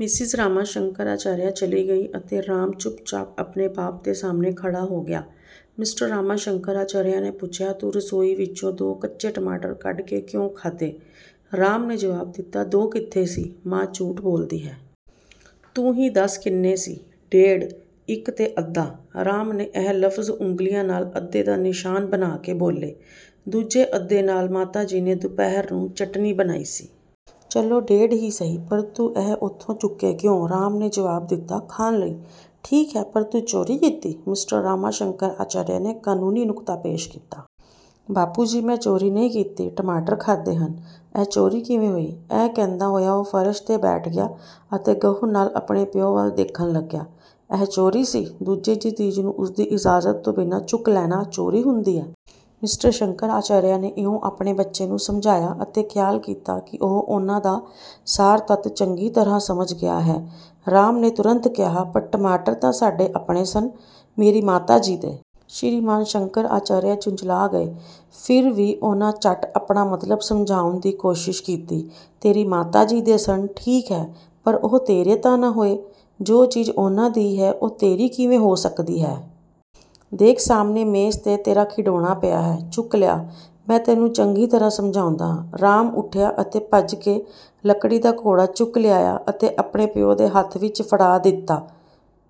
Mrs Rama Shankar Acharya ਚਲੀ ਗਈ ਅਤੇ ਰਾਮ ਚੁੱਪ-ਚਾਪ ਆਪਣੇ ਬਾਪ ਦੇ ਸਾਹਮਣੇ ਖੜ੍ਹਾ ਹੋ ਗਿਆ। ਮਿਸਟਰ ਰਾਮਾ ਸ਼ੰਕਰ ਅਚਾਰੀਆ ਨੇ ਪੁੱਛਿਆ, ਤੂੰ ਰਸੋਈ ਵਿਚੋਂ ਦੋ ਕੱਚੇ ਟਮਾਟਰ ਕੱਢ ਕੇ ਕਿਉਂ ਖਾਧੇ? " ਰਾਮ ਨੇ ਜਵਾਬ ਦਿੱਤਾ, "ਦੋ ਕਿੱਥੇ ਸੀ, ਮਾਂ ਝੂਠ ਬੋਲਦੀ ਹੈ। " "ਤੂੰ ਹੀ ਦੱਸ ਕਿੰਨੇ ਸੀ। " "ਡੇਢ। ਇਕ ਅਤੇ ਅੱਧਾ", ਰਾਮ ਨੇ ਇਹ ਲਫਜ਼ ਉਂਗਲ਼ੀਆਂ ਨਾਲ ਅੱਧੇ ਦਾ ਨਿਸ਼ਾਨ ਬਣਾ ਕੇ ਬੋਲੇ, "ਦੂਜੇ ਅੱਧੇ ਨਾਲ ਮਾਤਾ ਜੀ ਨੇ ਦੁਪਹਿਰ ਨੂੰ ਚਟਣੀ ਬਣਾਈ ਸੀ। " "ਚਲੋ ਡੇਢ ਹੀ ਸਹੀ, ਪਰ ਤੂੰ ਇਹ ਉਥੋਂ ਚੁੱਕੇ ਕਿਉਂ? " ਰਾਮ ਨੇ ਜਵਾਬ ਦਿੱਤਾ, "ਖਾਣ ਲਈ। " "ਠੀਕ ਹੈ, ਪਰ ਤੂੰ ਚੋਰੀ ਕੀਤੀ", ਮਿਸਟਰ ਰਾਮਾ ਸ਼ੰਕਰ ਅਚਾਰੀਆ ਨੇ ਕਾਨੂੰਨੀ ਨੁਕਤਾ ਪੇਸ਼ ਕੀਤਾ। ਬਾਪੂ ਜੀ ਮੈਂ ਚੋਰੀ ਨਹੀਂ ਕੀਤੀ, ਟਮਾਟਰ ਖਾਧੇ ਹਨ, ਇਹ ਚੋਰੀ ਕਿਵੇਂ ਹੋਈ? " ਇਹ ਕਹਿੰਦਾ ਉਹ ਫਰਸ਼ 'ਤੇ ਬੈਠ ਗਿਆ ਅਤੇ ਗਹੁ ਨਾਲ ਆਪਣੇ ਪਿਉ ਵੱਲ ਦੇਖਣ ਲੱਗਿਆ। "ਇਹ ਚੋਰੀ ਸੀ। ਦੂਜੇ ਦੀ ਚੀਜ਼ ਨੂੰ ਉਸ ਦੀ ਇਜਾਜ਼ਤ ਤੋਂ ਬਿਨਾਂ ਚੁੱਕ ਲੈਣਾ ਚੋਰੀ ਹੁੰਦੀ ਹੈ। " ਮਿਸਟਰ ਸ਼ੰਕਰ ਅਚਾਰੀਆ ਨੇ ਇਉਂ ਆਪਣੇ ਬੱਚੇ ਨੂੰ ਸਮਝਾਇਆ ਅਤੇ ਖਿਆਲ ਕੀਤਾ ਕਿ ਉਹ ਉਨ੍ਹਾਂ ਦਾ ਸਾਰ-ਤੱਤ ਚੰਗੀ ਤਰ੍ਹਾਂ ਸਮਝ ਗਿਆ ਹੈ। ਰਾਮ ਨੇ ਤੁਰੰਤ ਕਿਹਾ, "ਪਰ ਟਮਾਟਰ ਤਾਂ ਸਾਡੇ ਆਪਣੇ ਸਨ, ਮੇਰੀ ਮਾਤਾ ਜੀ ਦੇ। " ਸ਼੍ਰੀਮਾਨ ਸ਼ੰਕਰ ਅਚਾਰੀਆ ਝੁੰਜਲਾ ਗਏ। ਫਿਰ ਵੀ ਉਨ੍ਹਾਂ ਝੱਟ ਆਪਣਾ ਮਤਲਬ ਸਮਝਾਉਣ ਦੀ ਕੋਸ਼ਿਸ਼ ਕੀਤੀ, "ਤੇਰੀ ਮਾਤਾ ਜੀ ਦੇ ਸਨ, ਠੀਕ ਹੈ, ਪਰ ਉਹ ਤੇਰੇ ਤਾਂ ਨਹੀਂ ਨਾ ਹੋਏ। ਜੋ ਚੀਜ਼ ਉਨ੍ਹਾਂ ਦੀ ਹੈ, ਉਹ ਤੇਰੀ ਕਿਵੇਂ ਹੋ ਸਕਦੀ ਹੈ? ਦੇਖ ਸਾਹਮਣੇ ਮੇਜ਼ 'ਤੇ ਤੇਰਾ ਖਿਡੌਣਾ ਪਿਆ ਹੈ, ਚੁੱਕ ਲਿਆ, ਮੈਂ ਤੈਨੂੰ ਚੰਗੀ ਤਰ੍ਹਾਂ ਸਮਝਾਉਂਦਾ ਹਾਂ। " ਰਾਮ ਉਠਿਆ ਅਤੇ ਭੱਜ ਕੇ ਲੱਕੜੀ ਦਾ ਘੋੜਾ ਚੁੱਕ ਲਿਆਇਆ ਅਤੇ ਆਪਣੇ ਪਿਉ ਦੇ ਹੱਥ ਵਿਚ ਫੜਾ ਦਿੱਤਾ,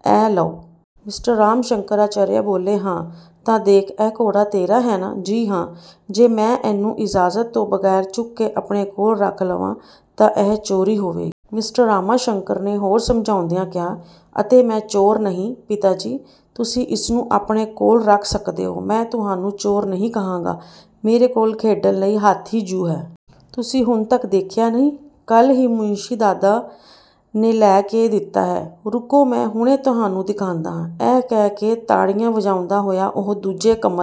"ਇਹ ਲਉ। " ਮਿਸਟਰ ਰਾਮਾ ਸ਼ੰਕਰ ਅਚਾਰੀਆ ਬੋਲੇ, "ਹਾਂ! ਤਾਂ ਦੇਖ, ਇਹ ਘੋੜਾ ਤੇਰਾ ਹੈ ਨਾ? " "ਜੀ ਹਾਂ। " "ਜੇ ਮੈਂ ਇਹਨੂੰ ਇਜਾਜ਼ਤ ਤੋਂ ਬਗ਼ੈਰ ਚੁੱਕ ਕੇ ਆਪਣੇ ਕੋਲ ਰੱਖ ਲਵਾਂ ਤਾਂ ਇਹ ਚੋਰੀ ਹੋਵੇਗੀ। " ਮਿਸਟਰ ਰਾਮਾ ਸ਼ੰਕਰ ਨੇ ਹੋਰ ਸਮਝਾਉਂਦਿਆਂ ਕਿਹਾ, "ਅਤੇ ਮੈਂ ਚੋਰ। " "ਨਹੀਂ ਪਿਤਾ ਜੀ, ਤੁਸੀਂ ਇਸ ਨੂੰ ਆਪਣੇ ਕੋਲ ਰੱਖ ਸਕਦੇ ਹੋ। ਮੈਂ ਤੁਹਾਨੂੰ ਚੋਰ ਨਹੀਂ ਕਹਾਂਗਾ। ਮੇਰੇ ਕੋਲ ਖੇਡਣ ਲਈ ਹਾਥੀ ਜੁ ਹੈ। ਤੁਸੀਂ ਹੁਣ ਤਕ ਦੇਖਿਆ ਨਹੀਂ? ਕਲ੍ਹ ਹੀ ਮੁਣਸ਼ੀ ਦਾਦਾ ਨੇ ਲੈ ਕੇ ਦਿੱਤਾ ਹੈ। ਰੁਕੋ, ਮੈਂ ਹੁਣੇ ਤੁਹਾਨੂੰ ਦਿਖਾਉਂਦਾ ਹਾਂ। " ਇਹ ਕਹਿ ਕੇ ਤਾੜੀਆਂ ਵਜਾਉਂਦਾ ਹੋਇਆ ਉਹ ਦੂਜੇ ਕਮਰੇ